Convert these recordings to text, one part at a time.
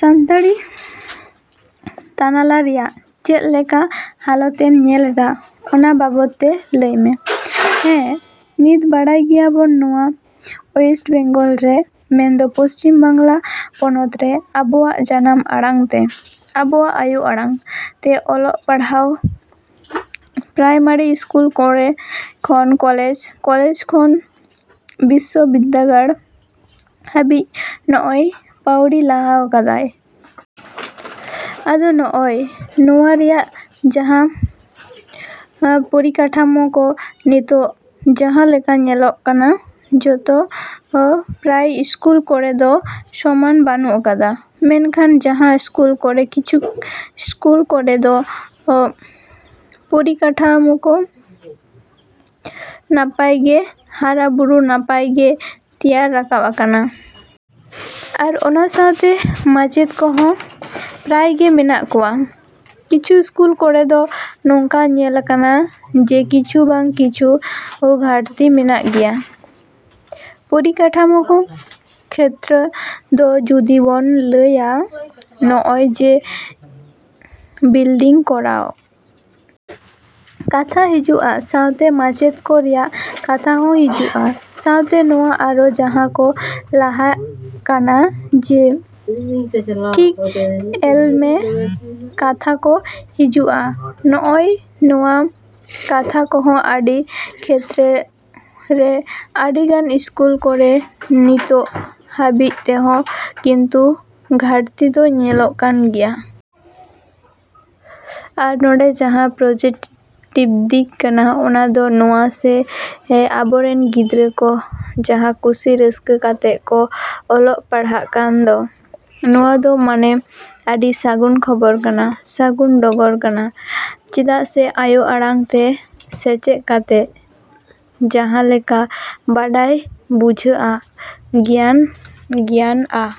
ᱥᱟᱱᱛᱟᱲᱤ ᱛᱟᱱᱟᱞᱟ ᱨᱮᱭᱟᱜ ᱪᱮᱫ ᱞᱮᱠᱟ ᱦᱟᱞᱚᱛ ᱮᱢ ᱧᱮᱞᱫᱟ ᱚᱱᱟ ᱵᱟᱵᱚᱫ ᱛᱮ ᱞᱟᱹᱭᱢᱮ? ᱦᱮᱸ, ᱱᱤᱛ ᱵᱟᱲᱟᱭ ᱜᱮᱭᱟᱵᱚᱱ ᱱᱚᱣᱟ ᱣᱮᱥᱴ ᱵᱮᱝᱜᱚᱞ ᱨᱮ ᱢᱮᱱᱫᱚ ᱯᱚᱪᱷᱤᱢ ᱵᱟᱝᱞᱟ ᱯᱚᱱᱚᱛ ᱨᱮ ᱟᱵᱚᱣᱟᱜ ᱡᱟᱱᱟᱢ ᱟᱲᱟᱝ ᱛᱮ, ᱟᱵᱚᱣᱟᱜ ᱟᱭᱳ ᱟᱲᱟᱝ ᱛᱮ ᱚᱞᱚᱜ ᱯᱟᱲᱦᱟᱣ ᱯᱨᱟᱭᱢᱟᱨᱤ ᱤᱥᱠᱩᱞ ᱠᱚᱨᱮ ᱠᱷᱚᱱ ᱠᱚᱞᱮᱡᱽ, ᱠᱚᱞᱮᱡᱽ ᱠᱷᱚᱱ ᱵᱤᱥᱥᱚ ᱵᱤᱫᱟᱹᱜᱟᱲ ᱦᱟᱹᱵᱤᱡ ᱱᱚᱜᱼᱚᱭ ᱯᱟᱹᱣᱲᱤ ᱞᱟᱦᱟ ᱠᱟᱫᱟᱭ᱾ ᱟᱫᱚ ᱱᱚᱜᱼᱚ ᱱᱚᱣᱟ ᱨᱮᱱᱟᱜ ᱡᱟᱦᱟᱸ ᱯᱚᱨᱤᱠᱟᱴᱷᱟᱢᱳ ᱠᱚ ᱱᱤᱛᱚᱜ ᱡᱟᱦᱟᱸ ᱞᱮᱠᱟ ᱧᱮᱞᱚᱜ ᱠᱟᱱᱟ, ᱡᱚᱛᱚ ᱯᱨᱟᱭ ᱤᱥᱠᱩᱞ ᱠᱚᱨᱮ ᱫᱚ ᱥᱚᱢᱟᱱ ᱵᱟᱹᱱᱩᱜ ᱠᱟᱫᱟ, ᱢᱮᱱᱠᱷᱟᱱ ᱡᱟᱦᱟᱸ ᱤᱥᱠᱩᱞ ᱠᱚᱨᱮ, ᱠᱤᱪᱷᱩ ᱤᱥᱠᱩᱞ ᱠᱚᱨᱮ ᱫᱚ ᱯᱚᱨᱤᱠᱟᱴᱷᱟᱢᱳ ᱱᱟᱯᱟᱭ ᱜᱮ ᱦᱟᱨᱟᱼᱵᱩᱨᱩ, ᱱᱟᱯᱟᱭ ᱜᱮ ᱛᱮᱭᱟᱨ ᱨᱟᱠᱟᱵ ᱟᱠᱟᱱᱟ᱾ ᱟᱨ ᱚᱱᱟ ᱥᱟᱶᱛᱮ ᱢᱟᱪᱮᱫ ᱠᱚᱦᱚᱸ ᱯᱨᱟᱭ ᱜᱮ ᱢᱮᱱᱟᱜ ᱠᱚᱣᱟ᱾ ᱠᱤᱪᱷᱩ ᱤᱥᱠᱩᱞ ᱠᱚᱨᱮ ᱫᱚ ᱱᱚᱝᱠᱟ ᱧᱮᱞ ᱠᱟᱱᱟ ᱡᱮ ᱠᱤᱪᱷᱩ ᱵᱟᱝ ᱠᱤᱪᱷᱩ ᱜᱷᱟᱴᱛᱤ ᱢᱮᱱᱟᱜ ᱜᱮᱭᱟ᱾ ᱯᱚᱨᱤᱠᱟᱴᱷᱟᱢᱳ ᱠᱷᱮᱛᱨᱚ ᱫᱚ ᱡᱩᱫᱤ ᱵᱚᱱ ᱞᱟᱹᱭᱟ, ᱱᱚᱜᱼᱚᱭ ᱡᱮ ᱵᱤᱞᱰᱤᱝ ᱠᱚᱨᱟᱣ ᱠᱟᱛᱷᱟ ᱦᱤᱡᱩᱜᱼᱟ, ᱥᱟᱶᱛᱮ ᱢᱟᱪᱮᱫ ᱠᱚ ᱨᱮᱭᱟᱜ ᱠᱟᱛᱷᱟ ᱦᱚᱸ ᱦᱤᱡᱩᱜᱼᱟ, ᱥᱟᱶᱛᱮ ᱱᱚᱣᱟ ᱟᱨᱚ ᱡᱟᱦᱟᱸ ᱠᱚ ᱞᱟᱹᱭᱟᱜ ᱠᱟᱱᱟ ᱡᱮ ᱴᱤ ᱮᱞ ᱮᱢ ᱠᱟᱛᱷᱟ ᱠᱚ ᱦᱤᱡᱩᱜᱼᱟ, ᱱᱚᱜᱼᱚᱭ ᱱᱚᱣᱟ ᱠᱟᱛᱷᱟ ᱠᱚᱦᱚᱸ ᱟᱹᱰᱤ ᱠᱷᱮᱛᱨᱚ ᱨᱮ, ᱟᱹᱰᱤᱜᱟᱱ ᱤᱥᱠᱩᱞ ᱠᱚᱨᱮᱜ ᱱᱤᱛᱚᱜ ᱦᱟᱹᱵᱤᱡ ᱛᱮᱦᱚᱸ ᱠᱤᱱᱛᱩ ᱜᱷᱟᱴᱛᱤ ᱫᱚ ᱧᱮᱞᱚᱜ ᱠᱟᱱ ᱜᱮᱭᱟ᱾ ᱟᱨ ᱱᱚᱰᱮ ᱡᱟᱦᱟᱸ ᱯᱚᱡᱮᱴᱤᱵᱽ ᱫᱤᱠ ᱠᱟᱱᱟ ᱚᱱᱟ ᱫᱚ ᱱᱚᱣᱟ ᱥᱮ ᱟᱵᱚᱨᱮᱱ ᱜᱤᱫᱽᱨᱟᱹ ᱠᱚ ᱡᱟᱦᱟᱸ ᱠᱩᱥᱤ ᱨᱟᱹᱥᱠᱟᱹ ᱠᱟᱛᱮ ᱠᱚ ᱚᱞᱚᱜ ᱯᱟᱲᱦᱟᱜ ᱠᱟᱱ ᱫᱚ, ᱱᱚᱣᱟ ᱫᱚ ᱢᱟᱱᱮ ᱟᱹᱰᱤ ᱥᱟᱹᱜᱩᱱ ᱠᱷᱚᱵᱚᱨ ᱠᱟᱱᱟ, ᱥᱟᱹᱜᱩᱱ ᱰᱚᱜᱚᱨ ᱠᱟᱱᱟ᱾ ᱪᱮᱫᱟᱜ ᱥᱮ ᱟᱭᱳ ᱟᱲᱟᱝ ᱛᱮ ᱥᱮᱪᱮᱫ ᱠᱟᱛᱮ ᱡᱟᱦᱟᱸ ᱞᱮᱠᱟ ᱵᱟᱰᱟᱭ ᱵᱩᱡᱷᱟᱹᱜᱼᱟ, ᱜᱮᱭᱟᱱ ᱟ.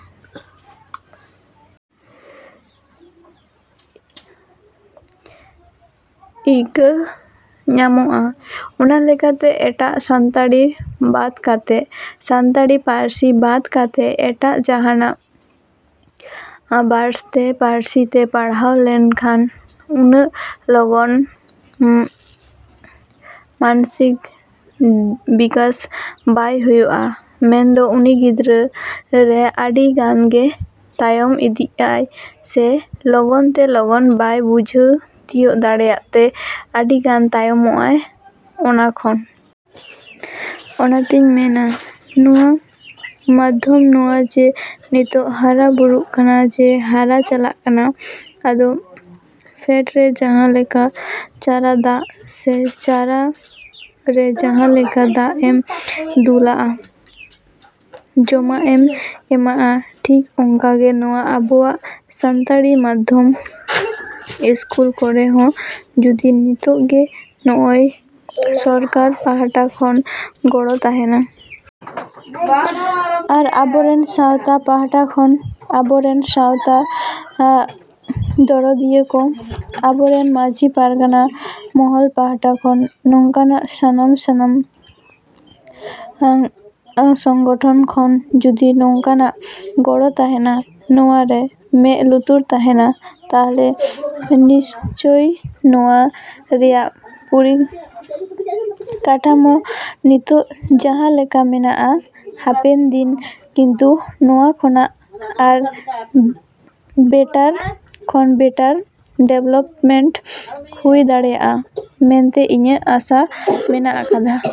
ᱭᱠᱟᱹᱜᱼᱟ ᱧᱟᱢᱚᱜᱼᱟ᱾ ᱚᱱᱟ ᱞᱮᱠᱟᱛᱮ ᱮᱴᱟᱜ ᱥᱟᱱᱛᱟᱲᱤ ᱵᱟᱫ ᱠᱟᱛᱮ, ᱥᱟᱱᱛᱟᱲᱤ ᱯᱟᱹᱨᱥᱤ ᱵᱟᱫ ᱠᱟᱛᱮ ᱮᱴᱟᱜ ᱡᱟᱦᱟᱱᱟᱜ ᱵᱷᱟᱥᱟᱛᱮ, ᱯᱟᱹᱨᱥᱤ ᱛᱮ ᱯᱟᱲᱦᱟᱣ ᱞᱮᱱᱠᱷᱟᱱ ᱩᱱᱟᱹᱜ ᱞᱚᱜᱚᱱ ᱢᱟᱱᱚᱥᱤᱠ ᱵᱤᱠᱟᱥ ᱵᱟᱭ ᱦᱩᱭᱩᱜᱼᱟ, ᱢᱮᱱᱫᱚ ᱩᱱᱤ ᱜᱤᱫᱟᱹᱨᱮ ᱟᱹᱰᱤ ᱜᱟᱱ ᱜᱮ ᱛᱟᱭᱚᱢ ᱤᱫᱤᱜ ᱟᱭ ᱥᱮ ᱞᱚᱜᱚᱱ ᱛᱮ ᱞᱚᱜᱚᱱ ᱵᱟᱭ ᱵᱩᱡᱷᱟᱹᱣ ᱛᱤᱭᱳᱜ ᱫᱟᱲᱮᱭᱟᱜ ᱛᱮ ᱟᱹᱰᱤᱜᱟᱱᱮ ᱛᱟᱭᱚᱢᱚᱜᱼᱟ ᱚᱱᱟ ᱠᱷᱚᱱ᱾ ᱚᱱᱟᱛᱤᱧ ᱢᱮᱱᱟ ᱱᱚᱣᱟ ᱢᱟᱫᱽᱫᱷᱚᱢ, ᱱᱚᱣᱟ ᱡᱮ ᱱᱤᱛᱚᱜ ᱦᱟᱨᱟᱼᱵᱩᱨᱩᱜ ᱠᱟᱱᱟ ᱥᱮ ᱦᱟᱨᱟ ᱪᱟᱞᱟᱜ ᱠᱟᱱᱟ, ᱟᱫᱚ ᱯᱷᱮᱰᱨᱮ ᱡᱟᱦᱟᱸ ᱞᱮᱠᱟ ᱪᱟᱨᱟ ᱫᱟᱜ ᱥᱮ ᱪᱟᱨᱟ ᱨᱮ ᱡᱟᱦᱟᱸ ᱞᱮᱠᱟ ᱫᱟᱜ ᱮᱢ ᱫᱩᱞᱟᱜᱼᱟ, ᱡᱚᱢᱟᱜ ᱮᱢ ᱮᱢᱟᱜᱼᱟ, ᱴᱷᱤᱠ ᱚᱱᱠᱟᱜᱮ ᱱᱚᱣᱟ ᱟᱵᱚᱣᱟᱜ ᱥᱟᱱᱛᱟᱲᱤ ᱢᱟᱫᱽᱫᱷᱚᱢ ᱤᱥᱠᱩᱞ ᱠᱚᱨᱮᱜ ᱦᱚᱸ ᱡᱩᱫᱤ ᱱᱤᱦᱟᱹᱛ ᱜᱮ ᱱᱚᱜᱼᱚᱭ ᱥᱚᱨᱠᱟᱨ ᱯᱟᱦᱴᱟ ᱠᱷᱚᱱ ᱜᱚᱲᱚ ᱛᱟᱦᱮᱱᱟ᱾ ᱟᱨ ᱟᱵᱚᱨᱮᱱ ᱥᱟᱶᱛᱟ ᱯᱟᱦᱴᱟ ᱠᱷᱚᱱ, ᱟᱵᱚ ᱨᱮᱱ ᱥᱟᱶᱛᱟ ᱫᱚᱨᱚᱫᱤᱭᱟᱹ ᱠᱚ, ᱟᱵᱚ ᱨᱮᱱ ᱢᱟᱹᱡᱷᱤ ᱯᱟᱨᱜᱟᱱᱟ ᱢᱚᱦᱚᱞ ᱯᱟᱦᱴᱟ ᱠᱷᱚᱱ, ᱱᱚᱝᱠᱟᱱᱟᱜ ᱥᱟᱱᱟᱢ ᱥᱟᱱᱟᱢ ᱥᱚᱝᱜᱚᱴᱷᱚᱱ ᱠᱷᱚᱱ ᱡᱩᱫᱤ ᱱᱚᱝᱠᱟᱱᱟᱜ ᱜᱚᱲᱚ ᱛᱟᱦᱮᱱᱟ, ᱱᱚᱣᱟᱨᱮ ᱢᱮᱫ ᱞᱩᱛᱩᱨ ᱛᱟᱦᱮᱱᱟ, ᱛᱟᱦᱞᱮ ᱱᱤᱥᱪᱳᱭ ᱱᱚᱣᱟ ᱨᱮᱱᱟᱜ ᱯᱚᱨᱤ ᱠᱟᱴᱷᱟᱢᱳ ᱱᱤᱛᱚᱝ ᱡᱟᱦᱟᱸ ᱞᱮᱠᱟ ᱢᱮᱱᱟᱜᱼᱟ, ᱦᱟᱯᱮᱱ ᱫᱤᱱ ᱫᱤᱱ ᱠᱤᱱᱛᱩ ᱱᱚᱣᱟ ᱠᱷᱚᱱᱟᱜ ᱟᱨᱚ ᱵᱮᱴᱟᱨ ᱠᱷᱚᱱ ᱵᱮᱴᱟᱨ ᱰᱮᱵᱷᱞᱚᱯᱢᱮᱱᱴ ᱦᱩᱭ ᱫᱟᱲᱮᱭᱟᱜᱼᱟ ᱢᱮᱱᱛᱮ ᱤᱧᱟᱹᱜ ᱟᱥᱟ ᱢᱮᱱᱟᱜ ᱟᱠᱟᱫᱟ᱾